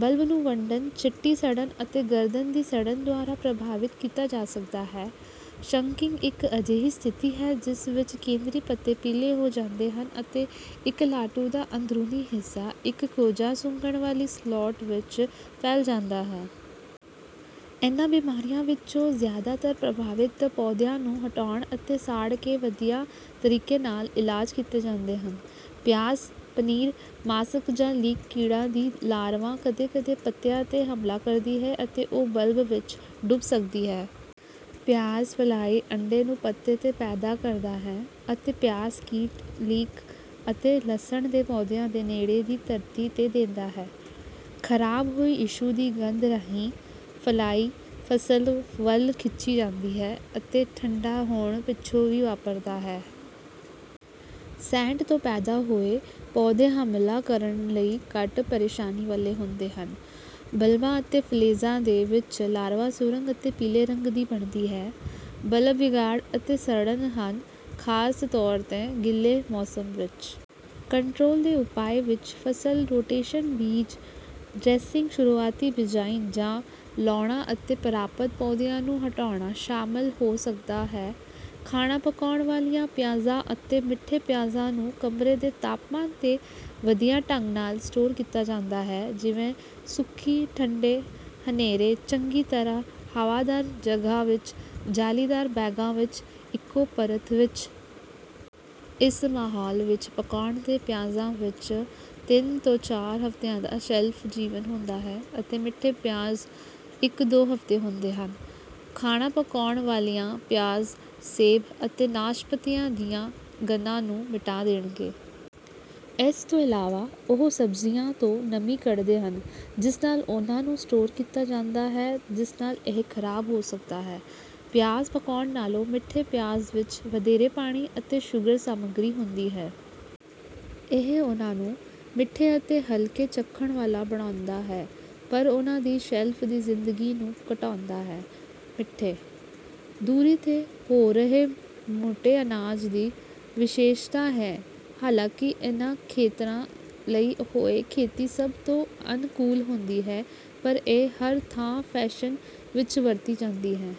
Bulb ਨੂੰ ਵੰਡਣ ਚਿੱਟੀ ਸੜਨ ਅਤੇ ਗਰਦਨ ਦੀ ਸੜਨ ਦੁਆਰਾ ਪ੍ਰਭਾਵਿਤ ਕੀਤਾ ਜਾ ਸਕਦਾ ਹੈ। ਸ਼ੰਕਿੰਗ ਇੱਕ ਅਜਿਹੀ ਸਥਿਤੀ ਹੈ ਜਿਸ ਵਿੱਚ ਕੇਂਦਰੀ ਪੱਤੇ ਪੀਲੇ ਹੋ ਜਾਂਦੇ ਹਨ ਅਤੇ ਇੱਕ ਲਾਟੂ ਦਾ ਅੰਦਰੂਨੀ ਹਿੱਸਾ ਇੱਕ ਕੋਝਾ ਸੁੰਘਣ ਵਾਲੀ ਸਲੋਟ ਵਿੱਚ ਫੈਲ ਜਾਂਦਾ ਹੈ। ਇਨ੍ਹਾਂ ਬਿਮਾਰੀਆਂ ਵਿੱਚੋਂ ਜ਼ਿਆਦਾਤਰ ਪ੍ਰਭਾਵਿਤ ਪੌਦਿਆਂ ਨੂੰ ਹਟਾਉਣ ਅਤੇ ਸਾੜ ਕੇ ਵਧੀਆ ਤਰੀਕੇ ਨਾਲ ਇਲਾਜ ਕੀਤੇ ਜਾਂਦੇ ਹਨ। ਪਿਆਜ਼ ਪਨੀਰ ਮਾਸਕ ਜਾਂ ਲੀਕ ਕੀੜਾ ਦੀ ਲਾਰਵਾ ਕਦੇ ਕਦੇ ਪੱਤੀਆਂ ਤੇ ਹਮਲਾ ਕਰਦੀ ਹੈ ਅਤੇ ਉਹ ਬਲਬ ਵਿੱਚ ਡੁੱਬ ਸਕਦੀ ਹੈ। ਪਿਆਜ਼ ਫਲਾਈ ਅੰਡੇ ਨੂੰ ਪੱਤੇ ਤੇ ਪੈਦਾ ਕਰਦਾ ਹੈ ਅਤੇ ਪਿਆਜ਼ ਕੀਟ ਲੀਕ ਅਤੇ ਲਸਣ ਦੇ ਪੌਦਿਆਂ ਦੇ ਨੇੜੇ ਦੀ ਧਰਤੀ ਤੇ ਦਿੰਦਾ ਹੈ। ਖਰਾਬ ਹੋਈ ਟਿਸ਼ੂ ਦੀ ਗੰਧ ਰਾਹੀਂ ਫਲਾਈ ਫਸਲ ਵੱਲ ਖਿੱਚੀ ਜਾਂਦੀ ਹੈ ਅਤੇ ਠੰਢਾ ਹੋਣ ਪਿੱਛੋਂ ਵੀ ਵਾਪਰਦਾ ਹੈ। ਸੈੱਟ ਤੋਂ ਪੈਦਾ ਹੋਏ ਪੌਦੇ ਹਮਲਾ ਕਰਨ ਲਈ ਘੱਟ ਪ੍ਰੇਸ਼ਾਨੀ ਵਾਲੇ ਹੁੰਦੇ ਹਨ। ਬਲਬਾਂ ਅਤੇ ਫਲੇਜ਼ਾਂ ਦੇ ਵਿੱਚ ਲਾਰਵਾ ਸੁਰੰਗ ਅਤੇ ਪੀਲੇ ਰੰਗ ਦੀ ਬਣਦੀ ਹੈ। ਬਲਬ ਵਿਗਾੜ ਅਤੇ ਸੜਨ ਹਨ ਖਾਸ ਤੌਰ ਤੇ ਗਿੱਲੇ ਮੌਸਮ ਵਿੱਚ। ਕੰਟਰੋਲ ਦੇ ਉਪਾਅ ਵਿੱਚ ਫਸਲ ਰੋਟੇਸ਼ਨ ਬੀਜ ਡ੍ਰੈਸਿੰਗ ਸ਼ੁਰੂਆਤੀ ਬਿਜਾਈ ਜਾਂ ਲਾਉਣਾ ਅਤੇ ਪਰਾਪਤ ਪੌਦਿਆਂ ਨੂੰ ਹਟਾਉਣਾ ਸ਼ਾਮਲ ਹੋ ਸਕਦਾ ਹੈ। ਖਾਣਾ ਪਕਾਉਣ ਵਾਲੀਆਂ ਪਿਆਜ਼ਾਂ ਅਤੇ ਮਿੱਠੇ ਪਿਆਜ਼ਾਂ ਨੂੰ ਕਮਰੇ ਦੇ ਤਾਪਮਾਨ ਤੇ ਵਧੀਆ ਢੰਗ ਨਾਲ ਸਟੋਰ ਕੀਤਾ ਜਾਂਦਾ ਹੈ ਜਿਵੇਂ ਸੁੱਕੀ ਠੰਢੇ ਹਨੇਰੇ ਚੰਗੀ ਤਰ੍ਹਾਂ ਹਵਾਦਾਰ ਜਗ੍ਹਾ ਵਿੱਚ ਜਾਲੀਦਾਰ ਬੈਗਾਂ ਵਿੱਚ ਇੱਕੋ ਪਰਤ ਵਿੱਚ। ਇਸ ਮਾਹੌਲ ਵਿੱਚ ਪਕਾਉਣ ਦੇ ਪਿਆਜ਼ਾਂ ਵਿੱਚ ਤਿੰਨ ਤੋਂ ਚਾਰ ਹਫਤਿਆਂ ਦਾ ਸ਼ੈਲਫ ਜੀਵਨ ਹੁੰਦਾ ਹੈ ਅਤੇ ਮਿੱਠੇ ਪਿਆਜ਼ ਇੱਕ ਦੋ ਹਫਤੇ ਹੁੰਦੇ ਹਨ। ਖਾਣਾ ਪਕਾਉਣ ਵਾਲੀਆਂ ਪਿਆਜ਼ ਸੇਬ ਅਤੇ ਨਾਸ਼ਪਾਤੀਆਂ ਦੀਆਂ ਗੰਨਾਂ ਨੂੰ ਮਿਟਾ ਦੇਣਗੇ। ਇਸ ਤੋਂ ਇਲਾਵਾ ਉਹ ਸਬਜ਼ੀਆਂ ਤੋਂ ਨਮੀ ਕੱਢਦੇ ਹਨ ਜਿਸ ਨਾਲ ਉਨ੍ਹਾਂ ਨੂੰ ਸਟੋਰ ਕੀਤਾ ਜਾਂਦਾ ਹੈ ਜਿਸ ਨਾਲ ਇਹ ਖਰਾਬ ਹੋ ਸਕਦਾ ਹੈ। ਪਿਆਜ਼ ਪਕਾਉਣ ਨਾਲੋਂ ਮਿੱਠੇ ਪਿਆਜ਼ ਵਿੱਚ ਵਧੇਰੇ ਪਾਣੀ ਅਤੇ ਸ਼ੂਗਰ ਸਮੱਗਰੀ ਹੁੰਦੀ ਹੈ। ਇਹ ਉਨ੍ਹਾਂ ਨੂੰ ਮਿੱਠੇ ਅਤੇ ਹਲਕੇ ਚੱਖਣ ਵਾਲਾ ਬਣਾਉਂਦਾ ਹੈ ਪਰ ਉਨ੍ਹਾਂ ਦੀ ਸ਼ੈਲਫ ਦੀ ਜ਼ਿੰਦਗੀ ਨੂੰ ਘਟਾਉਂਦਾ ਹੈ। ਮਿੱਠੇ। ਦੂਰੀ ਤੇ ਹੋ ਰਹੇ ਮੋਟੇ ਅਨਾਜ ਦੀ ਵਿਸ਼ੇਸ਼ਤਾ ਹੈ। ਹਾਲਾਂਕਿ ਇਨ੍ਹਾਂ ਖੇਤਰਾਂ ਲਈ ਹੋਇ ਖੇਤੀ ਸਭ ਤੋਂ ਅਨੁਕੂਲ ਹੁੰਦੀ ਹੈ ਪਰ ਇਹ ਹਰ ਥਾਂ ਫੈਸ਼ਨ ਵਿੱਚ ਵਰਤੀ ਜਾਂਦੀ ਹੈ।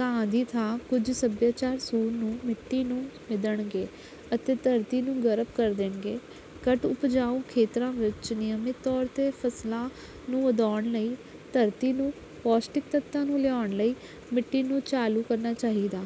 ਘਾਹ ਦੀ ਥਾਂ ਕੁਝ ਸਭਿਆਚਾਰ ਸੂਰ ਨੂੰ ਮਿੱਟੀ ਨੂੰ ਮਿਧਣਗੇ ਅਤੇ ਧਰਤੀ ਨੂੰ ਗਰੱਬ ਕਰ ਦੇਣਗੇ। ਘੱਟ ਉਪਜਾਊ ਖੇਤਰਾਂ ਵਿੱਚ ਨਿਯਮਤ ਤੌਰ ਤੇ ਫਸਲਾਂ ਨੂੰ ਵਧਾਉਣ ਲਈ ਧਰਤੀ ਨੂੰ ਪੌਸ਼ਟਿਕ ਤੱਤਾਂ ਨੂੰ ਲਿਆਉਣ ਲਈ ਮਿੱਟੀ ਨੂੰ ਚਾਲੂ ਕਰਨਾ ਚਾਹੀਦਾ